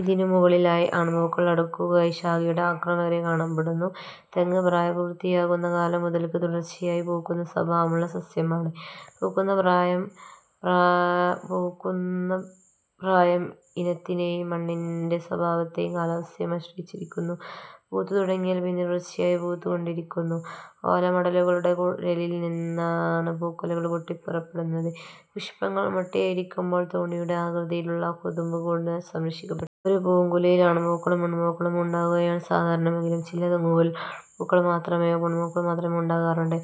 ഇതിനു മുകളിലായി ആൺപൂക്കൾ അടുക്കടുക്കായി ശാഖയുടെ അഗ്രം വരെ കാണപ്പെടുന്നു. തെങ്ങ് പ്രായപൂർത്തിയാകുന്ന കാലം മുതൽക്ക് തുടർച്ചയായി പൂക്കുന്ന സ്വഭാവമുള്ള സസ്യമാണ്. പൂക്കുന്ന പ്രായം ഇനത്തിനേയും മണ്ണിന്റെ സ്വഭാവത്തേയും കാലാവസ്ഥയേയും ആശ്രയിച്ചിരിക്കുന്നു. പൂത്തുതുടങ്ങിയാൽ പിന്നീട് തുടർച്ചയായി പൂത്തുകൊണ്ടിരിക്കുന്നു. ഓലമടലുകളുടെ കുരലിൽ നിന്നാണ് പൂക്കുലകൾ പൊട്ടിപ്പുറപ്പെടുന്നത്. പുഷ്പങ്ങൾ മൊട്ടായിരിക്കുമ്പോൾ തോണിയുടെ ആകൃതിയിലുള്ള കൊതുമ്പുകൊണ്ട് സംരക്ഷിക്കപ്പെട്ടിരിക്കും. ഒരേ പൂങ്കുലയിൽ ആൺപൂക്കളും പെൺപൂക്കളും ഉണ്ടാകുകയാണ് സാധാരണമെങ്കിലും ചില തെങ്ങുകളിൽ ആൺപൂക്കൾ മാത്രമായോ പെൺപൂക്കൾ മാത്രമായോ ഉണ്ടാകാറുണ്ട്.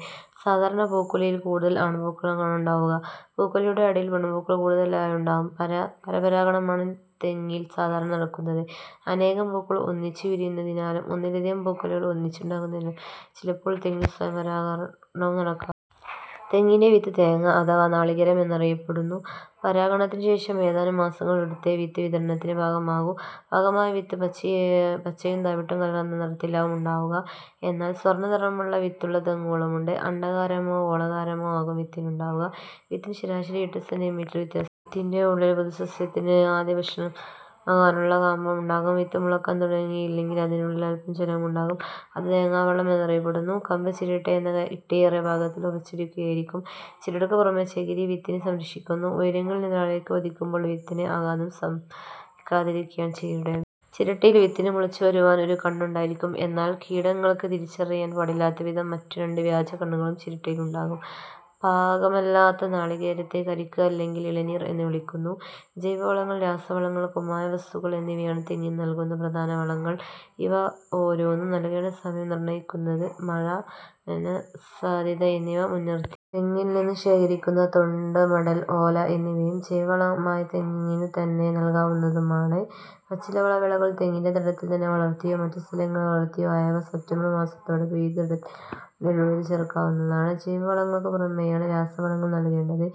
സാധാരണ പൂക്കുലയിൽ കൂടുതലും ആൺപൂക്കളാണുണ്ടാവുക. പൂക്കുലയുടെ അടിയിൽ പെൺപൂക്കൾ കൂടുതലായുണ്ടാവും. പരപരാഗണമാണ് തെങ്ങിൽ സാധാരണ നടക്കുന്നത്. അനേകം പൂക്കൾ ഒന്നിച്ചുവിരിയുന്നതിനാലും ഒന്നിലധികം പൂക്കുലകൾ ഒന്നിച്ചുണ്ടാകുന്നതിനാലും ചിലപ്പോൾ തെങ്ങിൽ സ്വയംപരാഗണവും നടക്കാറുണ്ട്. തെങ്ങിന്റെ വിത്ത് തേങ്ങ അഥവാ നാളികേരം എന്നറിയപ്പെടുന്നു. പരാഗണത്തിനു ശേഷം ഏതാനും മാസങ്ങൾ എടുത്തേ വിത്ത് വിതരണത്തിനു പാകമാകൂ. പാകമായ വിത്ത് പച്ചയും തവിട്ടും കലർന്ന നിറത്തിലാവും ഉണ്ടാവുക. എന്നാൽ സ്വർണ്ണനിറമുള്ള വിത്തുള്ള തെങ്ങുകളും ഉണ്ട്. അണ്ഡാകാരമോ ഗോളാകാരമോ ആകും വിത്തിനുണ്ടാവുക. വിത്തിന് ശരാശരി എട്ട് സെന്റീമീറ്റർ വ്യാസം ഉണ്ടാകും. വിത്തിന്റെ ഉള്ളിൽ പുതുസസ്യത്തിനു ആദ്യഭക്ഷണമാകാനുള്ള കാമ്പുമുണ്ടാകും വിത്ത് മുളക്കാൻ തുടങ്ങിയില്ലെങ്കിൽ അതിനുള്ളിൽ അല്പം ജലവും ഉണ്ടാകും. അത് തേങ്ങാവെള്ളം എന്നറിയപ്പെടുന്നു. കാമ്പ് ചിരട്ടയെന്ന കട്ടിയേറിയ ഭാഗത്തിൽ ഉറച്ചിരിക്കുകയായിരിക്കും. ചിരട്ടക്കു പുറമേ ചകിരി വിത്തിനെ സംരക്ഷിക്കുന്നു. ഉയരങ്ങളിൽ നിന്ന് താഴേക്കു പതിക്കുമ്പോൾ വിത്തിന് ആഘാതം സംഭവിക്കാതിരിക്കുകയാണ് ചകിരിയുടെ ഉപയോഗം. ചിരട്ടയിൽ വിത്തിനു മുളച്ചുവരുവാൻ ഒരു കണ്ണുണ്ടായിരിക്കും. എന്നാൽ കീടങ്ങൾക്ക് തിരിച്ചറിയാൻ പാടില്ലാത്തവിധം മറ്റുരണ്ട് വ്യാജകണ്ണുകളും ചിരട്ടയിലുണ്ടാകും. പാകമാകാത്ത നാളികേരത്തെ കരിക്ക് അല്ലെങ്കിൽ ഇളനീർ എന്നു വിളിക്കുന്നു. ജൈവവളങ്ങൾ, രാസവളങ്ങൾ, കുമ്മായ വസ്തുക്കൾ എന്നിവയാണ് തെങ്ങിന് നൽകുന്ന പ്രധാന വളങ്ങൾ. ഇവ ഓരോന്നും നൽകേണ്ട സമയം നിർണ്ണയിക്കുന്നത്; മഴ, നനസാധ്യത എന്നിവ മുൻനിർത്തിയാണ്. തെങ്ങിൽ നിന്നും ശേഖരിക്കുന്ന തൊണ്ട്, മടൽ, ഓല എന്നിവയും ജൈവവളമായി തെങ്ങിനുതന്നെ നൽകാവുന്നതുമാണ്. പച്ചിലവള വിളകൾ തെങ്ങിന്റെ തടത്തിൽ തന്നെ വളർത്തിയോ മറ്റു സ്ഥലങ്ങളിൽ വളർത്തിയതോ ആയവ സെപ്റ്റംബർ മാസത്തോടെ പിഴുത് തടത്തിലിട്ട് മണ്ണിലുഴുത് ചേർക്കാവുന്നതുമാണ്. ജൈവവളങ്ങൾക്ക് പുറമേയാണ് രാസവളങ്ങൾ നൽകേണ്ടത്.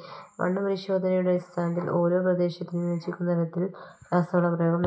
മണ്ണുപരിശോധനയുടെ അടിസ്ഥാനത്തിൽ ഓരോ പ്രദേശത്തിനും യോജിക്കുന്ന തരത്തിൽ രാസവളപ്രയോഗം നടത്തുന്നു.